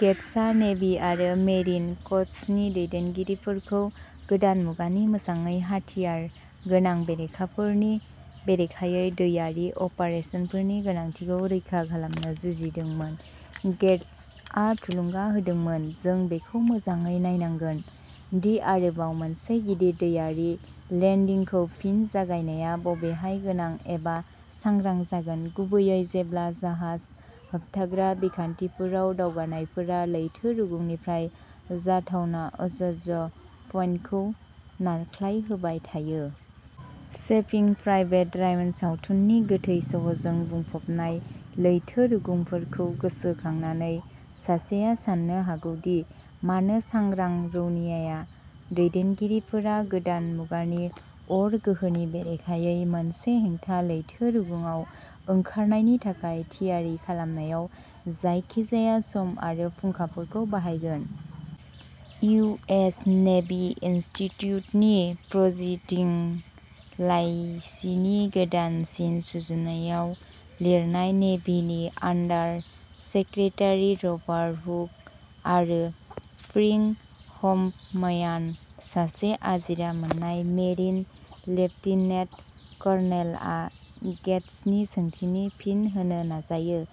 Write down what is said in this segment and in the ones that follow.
गेट्सआ navy आरो marine कर्प्सनि दैदेनगिरिफोरखौ गोदान मुगानि मोजाङै हाथियार गोनां बेरेखाफोरनि बेरेखायै दैआरि अपारेसनफोरनि गोनांथिखौ रैखा खालामनो जुजिदोंमोन। गेट्सआ थुलुंगा होदोंमोन, जों बेखौ मोजाङै नायनांगोन दि आरोबाव मोनसे गिदिर दैआरि लेन्डिंखौ फिन जागायनाया बबेहाय गोनां एबा सांग्रां जागोन, गुबैयै जेब्ला जाहाज होबथाग्रा बिखान्थिफोराव दावगानायफोरा लैथो रुगुंनिफ्राय जाथावना ज'ज' पइन्टखौ नारख्लायहोबाय थायो। सेभिं प्राइभेट रायन सावथुननि गोथै सह'जों बुंफबनाय लैथो रुगुंफोरखौ गोसोखांनानै, सासेआ साननो हागौ दि मानो सांग्रां रौनिया दैदेनगिरिफोरा गोदान मुगानि अर गोहोनि बेरेखायै मोनसे हेंथा लैथो रुगुंआव ओंखारनायनि थाखाय थियारि खालामनायाव जायखिजाया सम आरो फुंखाफोरखौ बाहायगोन। इउ. एस. नेभी इनस्टिट्युटनि प्र'सीडिंग्स लाइसिनि गोदानसिन सुजुनायाव लिरनाय नेभीनि आन्डार सेक्रेटारि रबार्ट वर्क आरो फ्रिंक हफम्यान, सासे आजिरा मोननाय मेरिन लेफ्टिनेन्ट कर्नेलआ गेट्सनि सोंथिनि फिन होनो नाजायो,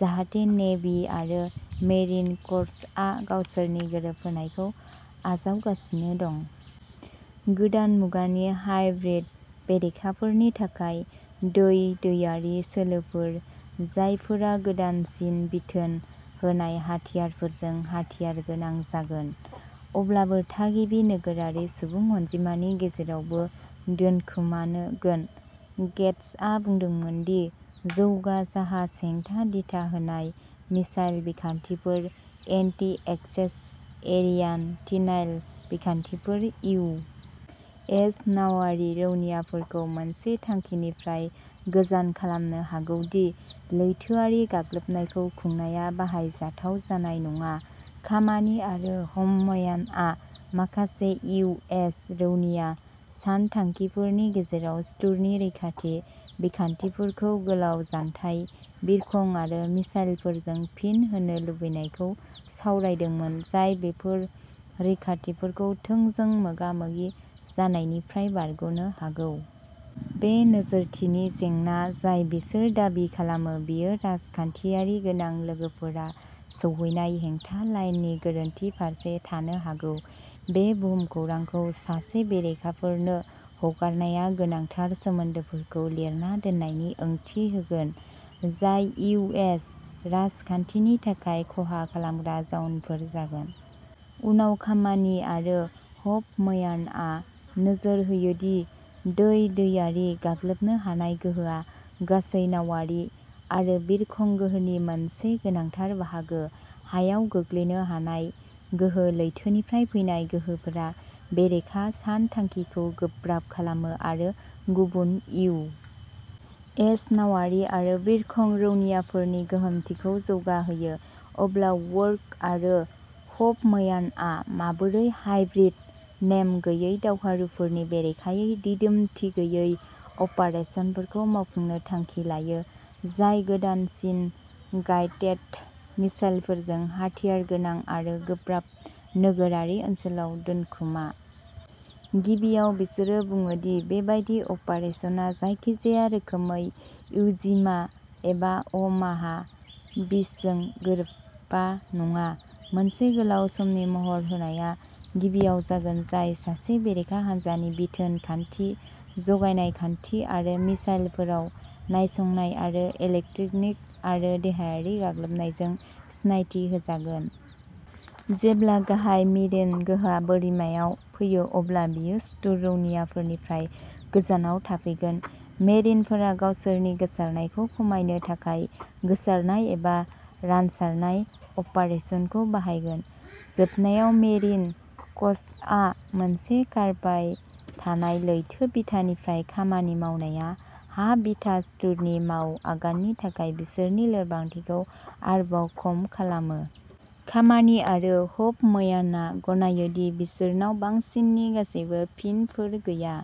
जाहाते नेभी आरो मेरिन कर्प्सआ गावसोरनि गोरोबहोनायखौ आजावगासिनो दं। गोदान मुगानि "हाइब्रिद" बेरेखाफोरनि थाखाय दै-दैआरि सोलोफोर, जायफोरा गोदानसिन बिथोन होनाय हाथियारफोरजों हाथियारगोनां जागोन, अब्लाबो थागिबि नोगोरारि सुबुं अनजिमानि गेजेरावबो दोनखोमागोन। गेट्सआ बुंदोंमोन दि जौगा जाहाज हेंथा दिथा होनाय मिसाइल बिखान्थिफोर "एन्टी-एक्सेस एरिया टिनायल" बिखान्थिफोर इउ. एस. नावारि रौनियाफोरखौ मोनसे थांखिनिफ्राय गोजान खालामनो हागौ दि लैथोआरि गाग्लोबनायखौ खुंनाया बाहायजाथाव जानाय नङा। खामानि आरो हफम्यानआ माखासे इउ. एस. रौनिया सानथांखिगिरिफोरनि गेजेराव सुथुरनि रैखाथि बिखान्थिफोरखौ गोलाव जानथाय बिरखं आरो मिसाइलफोरजों फिन होनो लुबैनायखौ सावरायदोंमोन, जाय बेफोर रैखाथिफोरखौ थोंजों मोगा-मोगि जानायनिफ्राय बारग'नो हागौ। बे नोजोरथिनि जेंना जाय बिसोर दाबि खालामो बेयो राजखानथियारि गोनां लोगोफोरा सौहैनाय हेंथा लाइननि गोरोन्थि फारसे थानो हागौ। बे भुमखौरांखौ सासे बेरेखाफोरनो हगारनाया गोनांथार सोमोन्दोफोरखौ लिरना दोननायनि ओंथि होगोन, जाय इउ. एस. राजखानथिनि थाखाय खहा खालामग्रा जाउनफोर जागोन। उनाव खामानि आरो हफम्यानआ नोजोर होयो दि दै-दैआरि गाग्लोबनो हानाय गोहोआ गासै नावारि आरो बिरखं गोहोनि मोनसे गोनांथार बाहागो। हायाव गोग्लैनो हानाय गोहो। लैथोनिफ्राय फैनाय गोहोफोरा बेरेखा सानथांखिखौ गोब्राब खालामो आरो गुबुन इउ. एस. नावारि आरो बिरखं रौनियाफोरनि गोहोमथिखौ जौगाहोयो। अब्ला वर्क आरो हफम्यानआ माबोरै "हाइब्रिद" नेम गैयै दावहारुफोरनि बेरेखायै दिदोमथि गैयै अपारेसनफोरखौ मावफुंनो थांखि लायो, जाय गोदानसिन गाइडेड मिसाइलफोरजों हाथियारगोनां आरो गोब्राब नोगोरारि ओनसोलाव दोनखोमा। गिबियाव बिसोरो बुङो दि बेबादि अपारेसनआ जायखिजाया रोखोमै इव'जिमा एबा अमाहा बीचजों गोरोबा नङा। मोनसे गोलाव समनि महर होनायआ गिबियाव जागोन, जाय सासे बेरेखा हान्जानि बिथोन खान्थि, जगायनाय खान्थि आरो मिसाइलफोराव नायसंनाय आरो इलेक्ट्रनिक आरो देहायारि गाग्लोबनायजों सिनायथि होजागोन। जेब्ला गाहाय मेरिन गोहोआ बोरिमायाव फैयो, अब्ला बेयो सुथुर रौनियाफोरनिफ्राय गोजानाव थाफैगोन। मेरिनफोरा गावसिनि गोसारनायखौ खमायनो थाखाय गोसारनाय एबा "रानसारनाय अपारेसन" खौ बाहायगोन। जोबनायाव, मेरिन करसआ मोनसे कारबाय थानाय लैथो बिथानिफ्राय खामानि मावनाया हा-बिथा सुथुरनि माव आगाननि थाखाय बिसोरनि लोरबांथिखौ आरोबाव खम खालामो। खामानि आरो हफम्यानआ गनायो दि बिसोरनाव बांसिननि गासैबो फिनफोर गैया।